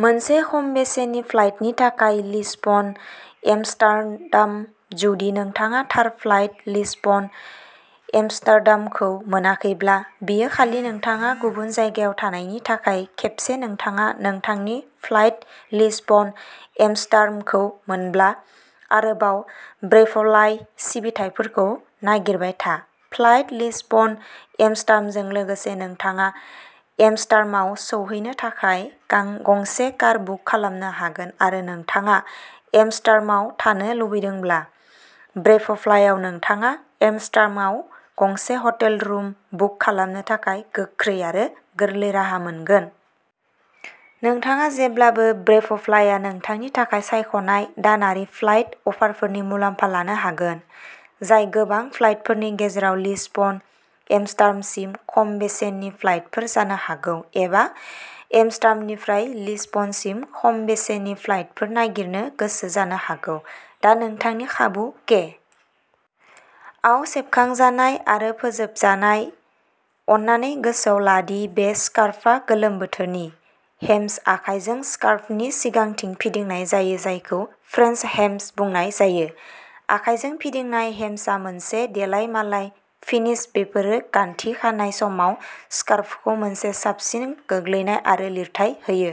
मोनसे खम बेसेननि फ्लाइटनि थाखाय लिसबन एम्स्टर्डाम। जुदि नोंथाङा थार फ्लाइट लिसबन-एम्स्टर्डामखौ मोनाखैब्ला, बेयो खालि नोंथाङा गुबुन जायगायाव थानायनि थाखाय खेबसे नोंथाङा नोंथांनि फ्लाइट लिसबन-एम्स्टर्डामखौ मोनब्ला, आरोबाव ब्रेभ'फ्लाइ सिबिथाइफोरखौ नागिरबाय था। फ्लाइट लिसबन-एम्स्टर्डामजों लोगोसे, नोंथाङा एम्स्टर्डामआव सौहैनो थाखाय गंसे कार बुक खालामनो हागोन आरो नोंथाङा एम्स्टर्डामाव थानो लुबैदोंब्ला, ब्रेभ'फ्लायाव नोंथाङा एम्स्टर्डामआव गंसे हटेल रुम बुक खालामनो थाखाय गोख्रै आरो गोरलै राहा मोनगोन। नोंथाङा जेब्लाबो ब्रेभ'फ्लाइआ नोंथांनि थाखाय सायख'नाय दानारि फ्लाइट अफारफोरनि मुलाम्फा लानो हागोन, जाय गोबां फ्लाइटफोरनि गेजेराव लिसबन-एम्स्टर्डामसिम खम बेसेननि फ्लाइटफोर जानो हागौ एबा एम्स्टर्डामनिफ्राय लिसबनसिम खम बेसेननि फ्लाइटफोर नागिरनो गोसो जानो हागौ, दा नोंथांनि खाबु के. आव सेबखांजानाय आरो फोजोबजानाय। अननानै गोसोआव ला दि बे स्कार्फआ गोलोम बोथोरनि। हेम्स आखायजों स्कार्फनि सिगांथिं फिदिंनाय जायो जायखौ "फ्रेन्स हेम्स" बुंनाय जायो। आखाइजों फिदिंनाय हेम्सआ मोनसे देलायमालाय फिनिश बेफोरो गानथि खानाय समाव स्कार्फखौ मोनसे साबसिन गोग्लैनाय आरो लिरथाय होयो।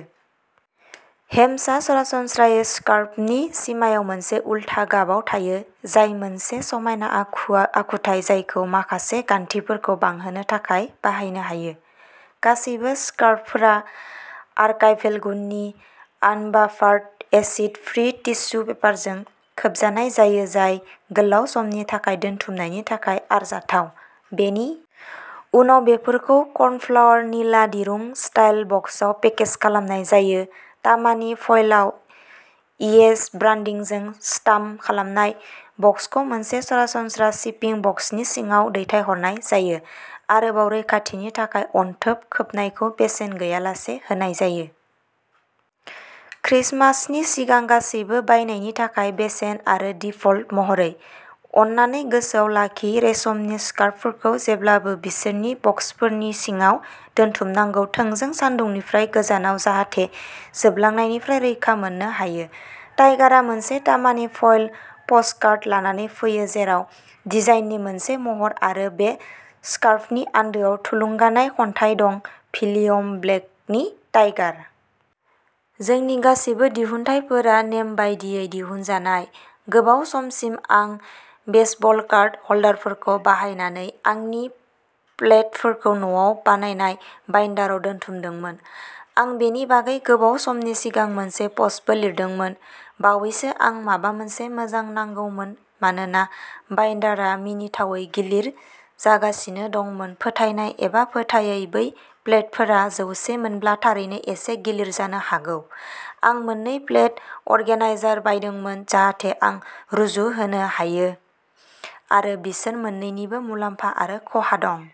हेम्सआ सरासनस्रायै स्कार्फनि सिमायाव मोनसे उल्था गाबाव थायो, जाय मोनसे समायना आखुथाय जायखौ माखासे गानथिफोरखौ बांहोनो थाखाय बाहायनो हायो। गासैबो स्कार्फफोरा आर्काइभेल गुननि आनबाफार्ड एसिड फ्रि टिसु पेपारजों खोबजानाय जायो जाय गोलाव समनि थाखाय दोनथुमनायनि थाखाय आरजाथाव। बेनि उनाव बेफोरखौ कर्नफ्लावर निला दिरुं स्टाइल बक्सआव पेकेज खालामनाय जायो, तामानि फयलआव इएच ब्रान्डिंजों स्टाम्प खालामनाय। बक्सखौ मोनसे सरासनस्रा शिपिं बक्सनि सिङाव दैथायहरनाय जायो, आरोबाव रैखाथिनि थाखाय अनथोब खोबनायखौ बेसेन गैयालासे होनाय जायो। ख्रिसमासनि सिगां गासैबो बायनायनि थाखाय बेसेन आरो दिफल्ट महरै। अन्नानै गोसोआव लाखि रेसमनि स्कार्फफोरखौ जेब्लाबो बिसोरनि बक्सफोरनि सिङाव दोनथुमनांगौ थोंजों सानदुंनिफ्राय गोजानाव जाहाथे जोबलांनायनिफ्राय रैखा मोननो हायो। टाइगारआ मोनसे तामानि फयल प'स्टकार्ड लानानै फैयो जेराव डिजाइननि मोनसे महर आरो बे स्कार्फनि आन्दोआव थुलुंगानाय खन्थाइ दं भिलियम ब्लेकनि टाइगार। जोंनि गासैबो दिहुनथायफोरा नेम बायदियै दिहुनजानाय। गोबाव समसिम आं बेसबल कार्ड ह'ल्डारफोरखौ बाहायनानै आंनि प्लेटफोरखौ न'आव बानायनाय बाइन्डाराव दोनथुमदोंमोन। आं बेनि बागै गोबाव समनि सिगां मोनसे प'स्टबो लिरदोंमोन। बावैसो आं माबा मोनसे मोजां नांगौमोन मानोना बाइन्डारआ मिनिथावै गिलिर जागासिनो दंमोन फोथायनाय एबा फोथायै बै प्लेटफोरा जौसे मोनब्ला थारैनो एसे गिलिर जानो हागौ आं मोननै प्लेट अर्गेनाइजार बायदोंमोन जाहाथे आं रुजुहोनो हायो आरो बिसोर मोननैनिबो मुलाम्फा आरो खहा दं।